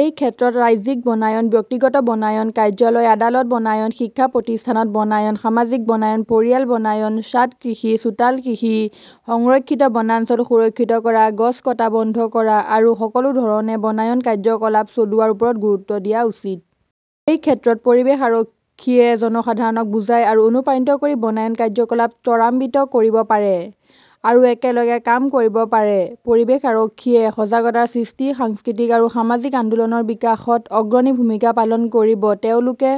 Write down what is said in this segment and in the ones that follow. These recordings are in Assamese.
এই ক্ষেত্ৰত ৰাজ্যিক বনায়ন, ব্যক্তিগত বনায়ন, কাৰ্যালয়-আদালত বনায়ন, শিক্ষা প্ৰতিষ্ঠানত বনায়ন, সামাজিক বনায়ন, পৰিয়াল বনায়ন, ছাদ কৃষি, চোতাল কৃষি, সংৰক্ষিত বনাঞ্চল সুৰক্ষিত কৰা, গছ কটা বন্ধ কৰা আৰু সকলো ধৰণে বনায়ন কাৰ্যকলাপ চলোৱাৰ ওপৰত গুৰুত্ব দিয়া উচিত। এই ক্ষেত্ৰত পৰিৱেশ আৰক্ষীয়ে জনসাধাৰণক বুজাই আৰু অনুপ্ৰাণিত কৰি বনায়ন কাৰ্যকলাপ ত্বৰান্বিত কৰিব পাৰে আৰু একেলগে কাম কৰিব পাৰে। পৰিৱেশ আৰক্ষীয়ে সজাগতা সৃষ্টি, সাংস্কৃতিক আৰু সামাজিক আন্দোলনৰ বিকাশত অগ্ৰণী ভূমিকা পালন কৰিব। তেওঁলোকে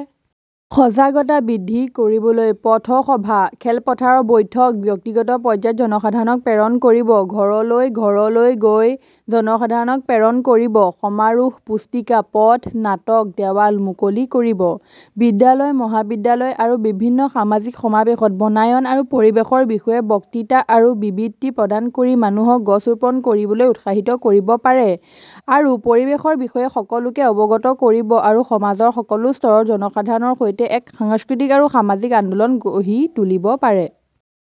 সজাগতা বৃদ্ধি কৰিবলৈ পথসভা, খেলপথাৰৰ বৈঠক, ব্যক্তিগত পৰ্যায়ত জনসাধাৰণক প্ৰেৰণ কৰিব, ঘৰলৈ ঘৰলৈ গৈ জনসাধাৰণক প্ৰেৰণ কৰিব, সমাৰোহ, পুস্তিকা, পথ নাটক, দেৱাল মুকলি কৰিব, বিদ্যালয়-মহাবিদ্যালয় আৰু বিভিন্ন সামাজিক সমাৱেশত বনায়ন আৰু পৰিৱেশৰ বিষয়ে বক্তৃতা আৰু বিবৃতি প্ৰদান কৰি মানুহক গছ ৰোপণ কৰিবলৈ উৎসাহিত কৰিব পাৰে আৰু পৰিৱেশৰ বিষয়ে সকলোকে অৱগত কৰিব আৰু সমাজৰ সকলো স্তৰৰ জনসাধাৰণৰ সৈতে এক সাংস্কৃতিক আৰু সামাজিক আন্দোলন গঢ়ি তুলিব পাৰে।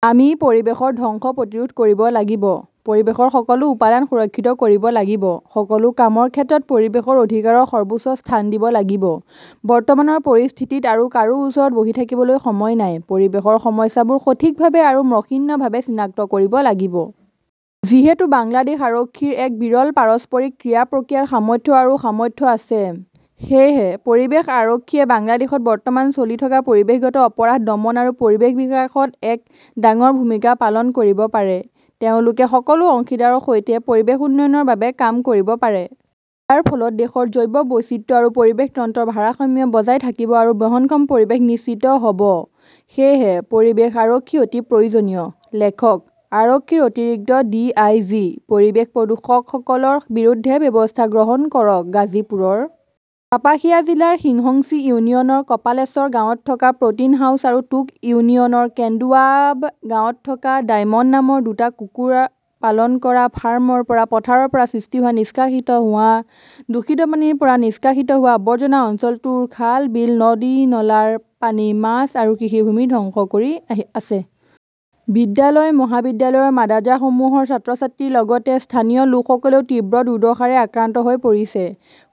আমি পৰিৱেশৰ ধ্বংস প্ৰতিৰোধ কৰিব লাগিব, পৰিৱেশৰ সকলো উপাদান সুৰক্ষিত কৰিব লাগিব, সকলো কামৰ ক্ষেত্ৰত পৰিৱেশৰ অধিকাৰক সৰ্বোচ্চ স্থান দিব লাগিব। বৰ্তমানৰ পৰিস্থিতিত আৰু কাৰো ওচৰত বহি থাকিবলৈ সময় নাই। পৰিৱেশৰ সমস্যাবোৰ সঠিকভাৱে আৰু মসৃণভাৱে চিনাক্ত কৰিব লাগিব। যিহেতু বাংলাদেশ আৰক্ষীৰ এক বিৰল পাৰস্পৰিক ক্ৰিয়া-প্ৰতিক্ৰিয়াৰ সামৰ্থ্য আৰু সামৰ্থ্য আছে, সেয়েহে পৰিৱেশ আৰক্ষীয়ে বাংলাদেশত বৰ্তমান চলি থকা পৰিৱেশগত অপৰাধ দমন আৰু পৰিৱেশ বিকাশত এক ডাঙৰ ভূমিকা পালন কৰিব পাৰে। তেওঁলোকে সকলো অংশীদাৰৰ সৈতে পৰিৱেশ উন্নয়নৰ বাবে কাম কৰিব পাৰে। ইয়াৰ ফলত দেশৰ জৈৱ বৈচিত্ৰ্য আৰু পৰিৱেশ তন্ত্ৰৰ ভাৰসাম্য বজাই থাকিব আৰু বহনক্ষম পৰিৱেশ নিশ্চিত হ'ব। সেয়েহে পৰিৱেশ আৰক্ষী অতি প্ৰয়োজনীয়। লেখকঃ আৰক্ষীৰ অতিৰিক্ত ডিআইজি। পৰিৱেশ প্ৰদূষকসকলৰ বিৰুদ্ধে ব্যৱস্থা গ্ৰহণ কৰক গাজীপুৰৰ কাপাসিয়া জিলাৰ সিংহশ্ৰী ইউনিয়নৰ কপালেশ্বৰ গাঁৱত থকা প্ৰ 'টিন হাউচ আৰু টোক ইউনিয়নৰ কেন্দুৱাব গাঁৱত থকা ডায়মণ্ড নামৰ দুটা কুকুৰা পালন কৰা ফাৰ্ম ৰ পৰা, পথাৰৰ পৰা সৃষ্টি হোৱা আৰু নিষ্কাশিত হোৱা দূষিত পানীৰ পৰা নিষ্কাশিত হোৱা আৱৰ্জনা অঞ্চলটোৰ খাল-বিল, নদী-নলাৰ পানী, মাছ আৰু কৃষিভূমি ধ্বংস কৰি আছে। বিদ্যালয় মহাবিদ্যালয়ৰ মাদ্ৰাছাসমূহৰ ছাত্ৰ-ছাত্ৰীৰ লগতে স্থানীয় লোকসকলেও তীব্ৰ দুৰ্দশাৰে আক্ৰান্ত হৈ পৰিছে।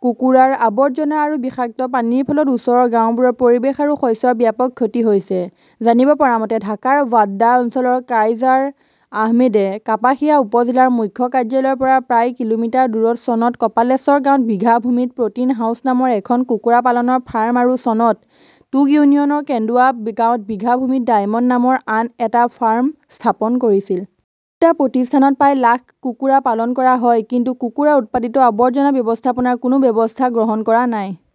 কুকুৰাৰ আৱৰ্জনা আৰু বিষাক্ত পানীৰ ফলত ওচৰৰ গাওঁবোৰৰ পৰিৱেশ আৰু শস্যৰ ব্যাপক ক্ষতি হৈছে। জানিব পৰা মতে, ঢাকাৰ বাড্ডা অঞ্চলৰ কাইজাৰ আহমেদে কাপাসিয়া উপ-জিলাৰ মুখ্য কাৰ্যালয়ৰ পৰা প্ৰায় কিলোমিটাৰ দূৰত চনত কপালেশ্বৰ গাঁৱত বিঘা ভূমিত প্ৰ 'টিন হাউচ নামৰ এখন কুকুৰা পালনৰ ফাৰ্ম আৰু চনত টোক ইউনিয়নৰ কেন্দুৱাব গাঁৱত বিঘা ভূমিত ডায়মণ্ড নামৰ আন এটা ফাৰ্ম স্থাপন কৰিছিল। দুয়োটা প্ৰতিষ্ঠানত প্ৰায় লাখ কুকুৰা পালন কৰা হয়, কিন্তু কুকুৰাৰ উৎপাদিত আৱৰ্জনা ব্যৱস্থাপনাৰ কোনো ব্যৱস্থা গ্ৰহণ কৰা নাই।